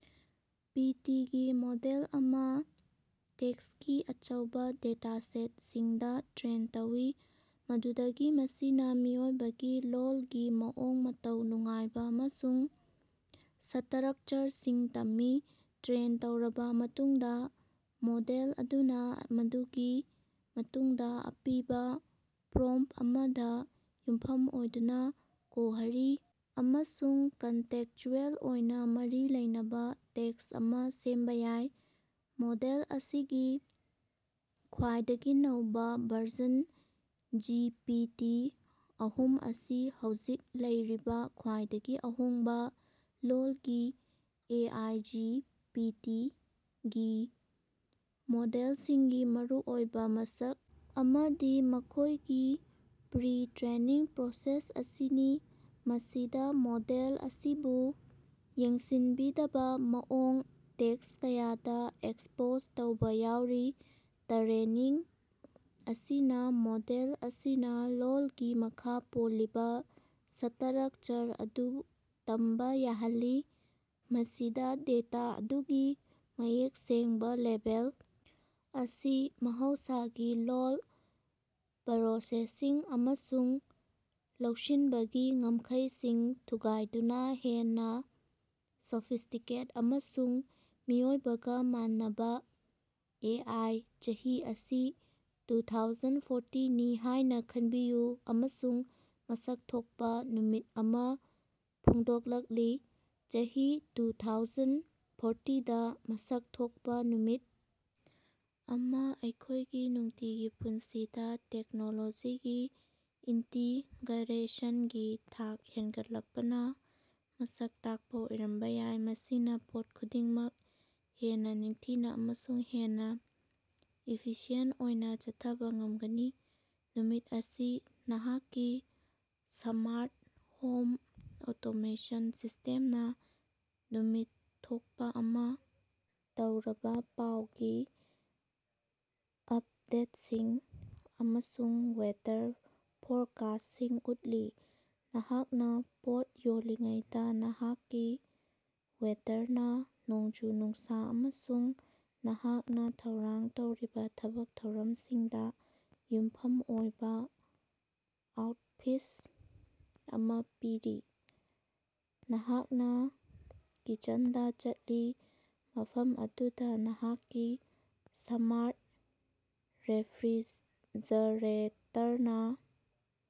ꯄꯤ T ꯒꯤ model ꯑꯃ ꯇꯦꯛꯁꯀꯤ ꯑꯆꯧꯕ ꯗꯦꯇꯥꯁꯦꯠꯁꯤꯡꯗ ꯇ꯭ꯔꯦꯟ ꯇꯧꯏ ꯃꯗꯨꯗꯒꯤ ꯃꯁꯤꯅ ꯃꯤꯑꯣꯏꯕꯒꯤ ꯂꯣꯜꯒꯤ ꯃꯑꯣꯡ ꯃꯇꯧ ꯅꯨꯡꯉꯥꯏꯕ ꯑꯃꯁꯨꯡ ꯁꯇꯔꯛꯆꯔꯁꯤꯡ ꯇꯝꯃꯤ꯫ ꯇ꯭ꯔꯦꯟ ꯇꯧꯔꯕ ꯃꯇꯨꯡꯗ ꯃꯣꯗꯦꯜ ꯑꯗꯨꯅ ꯃꯗꯨꯒꯤ ꯃꯇꯨꯡꯗ ꯑꯄꯤꯕ ꯄꯔꯣꯝꯞ ꯑꯃꯗ ꯌꯨꯝꯐꯝ ꯑꯣꯏꯗꯨꯅ ꯀꯣꯍꯔꯤ ꯑꯃꯁꯨꯡ ꯀꯟꯇꯦꯛꯁꯆꯨꯑꯦꯜ ꯑꯣꯏꯅ ꯃꯔꯤ ꯂꯩꯅꯕ ꯇꯦꯛꯁ ꯑꯃ ꯁꯦꯝꯕ ꯌꯥꯏ꯫ ꯃꯣꯗꯦꯜ ꯑꯁꯤꯒꯤ ꯈ꯭ꯋꯥꯏꯗꯒꯤ ꯅꯧꯕ ꯚꯔꯖꯟ ꯖꯤ ꯄꯤ ꯇꯤ ꯑꯍꯨꯝ ꯑꯁꯤ ꯍꯧꯖꯤꯛ ꯂꯩꯔꯤꯕ ꯈ꯭ꯋꯥꯏꯗꯒꯤ ꯑꯍꯣꯡꯕ ꯂꯣꯜꯒꯤ A I G P T ꯒꯤ ꯃꯣꯗꯦꯜꯁꯤꯡꯒꯤ ꯃꯔꯨꯑꯣꯏꯕ ꯃꯁꯛ ꯑꯃꯗꯤ ꯃꯈꯣꯏꯒꯤ ꯄꯔꯤ ꯇꯔꯦꯅꯤꯡ ꯄ꯭ꯔꯣꯁꯦꯁ ꯑꯁꯤꯅꯤ ꯃꯁꯤꯗ ꯃꯣꯗꯦꯜ ꯑꯁꯤꯕꯨ ꯌꯦꯡꯁꯤꯟꯕꯤꯗꯕ ꯃꯑꯣꯡ ꯇꯦꯛꯁ ꯀꯌꯥꯗ ꯑꯦꯛꯁꯄꯣꯖ ꯇꯧꯕ ꯌꯥꯎꯔꯤ꯫ ꯇꯔꯦꯅꯤꯡ ꯑꯁꯤꯅ ꯃꯣꯗꯦꯜ ꯑꯁꯤꯅ ꯂꯣꯜꯒꯤ ꯃꯈꯥ ꯄꯣꯜꯂꯤꯕ ꯁꯇꯔꯛꯆꯔ ꯑꯗꯨ ꯇꯝꯕ ꯌꯥꯍꯜꯂꯤ ꯃꯁꯤꯗ ꯗꯦꯇꯥ ꯑꯗꯨꯒꯤ ꯃꯌꯦꯛ ꯁꯦꯡꯕ ꯂꯦꯕꯦꯜ ꯑꯁꯤ ꯃꯍꯧꯁꯥꯒꯤ ꯂꯣꯜ ꯄꯔꯣꯁꯦꯁꯤꯡ ꯑꯃꯁꯨꯡ ꯂꯧꯁꯤꯟꯕꯒꯤ ꯉꯝꯈꯩꯁꯤꯡ ꯊꯨꯒꯥꯏꯗꯨꯅ ꯍꯦꯟꯅ ꯁꯣꯐꯤꯁꯇꯤꯀꯦꯠ ꯑꯃꯁꯨꯡ ꯃꯤꯑꯣꯏꯕꯒ ꯃꯥꯟꯅꯕ ꯑꯦ ꯑꯥꯏ ꯆꯍꯤ ꯑꯁꯤ ꯇꯨꯊꯥꯎꯖꯟ ꯐꯣꯔꯇꯤ ꯅꯤ ꯍꯥꯏꯅ ꯈꯟꯕꯤꯌꯨ ꯑꯃꯁꯨꯡ ꯃꯁꯛ ꯊꯣꯛꯄ ꯅꯨꯃꯤꯠ ꯑꯃ ꯐꯣꯡꯗꯣꯛꯂꯛꯂꯤ꯫ꯆꯍꯤ ꯇꯨꯊꯥꯎꯖꯟ ꯐꯣꯔꯇꯤꯗ ꯃꯁꯛ ꯊꯣꯛꯄ ꯅꯨꯃꯤꯠ ꯑꯃ ꯑꯩꯈꯣꯏꯒꯤ ꯅꯨꯡꯇꯤꯒꯤ ꯄꯨꯟꯁꯤꯗ ꯇꯦꯛꯅꯣꯂꯣꯖꯤꯒꯤ ꯏꯟꯇꯤꯒꯔꯦꯁꯟꯒꯤ ꯊꯥꯛ ꯍꯦꯟꯒꯠꯂꯛꯄꯅ ꯃꯁꯛ ꯇꯥꯛꯄ ꯑꯣꯏꯔꯝꯕ ꯌꯥꯏ ꯃꯁꯤꯅ ꯄꯣꯠ ꯈꯨꯗꯤꯡꯃꯛ ꯍꯦꯟꯅ ꯅꯤꯡꯊꯤꯅ ꯑꯃꯁꯨꯡ ꯍꯦꯟꯅ ꯏꯐꯤꯁꯤꯌꯦꯟ ꯑꯣꯏꯅ ꯆꯠꯊꯕ ꯉꯝꯒꯅꯤ꯫ ꯅꯨꯃꯤꯠ ꯑꯁꯤ ꯅꯍꯥꯛꯀꯤ ꯁꯃꯥꯔꯠ ꯍꯣꯝ ꯑꯣꯇꯣꯃꯦꯁꯟ ꯁꯤꯁꯇꯦꯝꯅ ꯅꯨꯃꯤꯠ ꯊꯣꯛꯄ ꯑꯃ ꯇꯧꯔꯕ ꯄꯥꯎꯒꯤ ꯑꯞꯗꯦꯠꯁꯤꯡ ꯑꯃꯁꯨꯡ ꯋꯦꯗꯔ ꯐꯣꯔꯀꯥꯁꯁꯤꯡ ꯎꯠꯂꯤ꯫ ꯅꯍꯥꯛꯅ ꯄꯣꯠ ꯌꯣꯜꯂꯤꯉꯩꯗ ꯅꯍꯥꯛꯀꯤ ꯋꯦꯗꯔꯅ ꯅꯣꯡꯖꯨ ꯅꯨꯡꯁꯥ ꯑꯃꯁꯨꯡ ꯅꯍꯥꯛꯅ ꯊꯧꯔꯥꯡ ꯇꯧꯔꯤꯕ ꯊꯕꯛ ꯊꯧꯔꯝꯁꯤꯡꯗ ꯌꯨꯝꯐꯝ ꯑꯣꯏꯕ ꯑꯥꯎꯠꯐꯤꯁ ꯑꯃ ꯄꯤꯔꯤ꯫ ꯅꯍꯥꯛꯅ ꯀꯤꯆꯟꯗ ꯆꯠꯂꯤ ꯃꯐꯝ ꯑꯗꯨꯗ ꯅꯍꯥꯛꯀꯤ ꯁꯃꯥꯔꯠ ꯔꯦꯐ꯭ꯔꯤꯖꯔꯦꯇꯔꯅ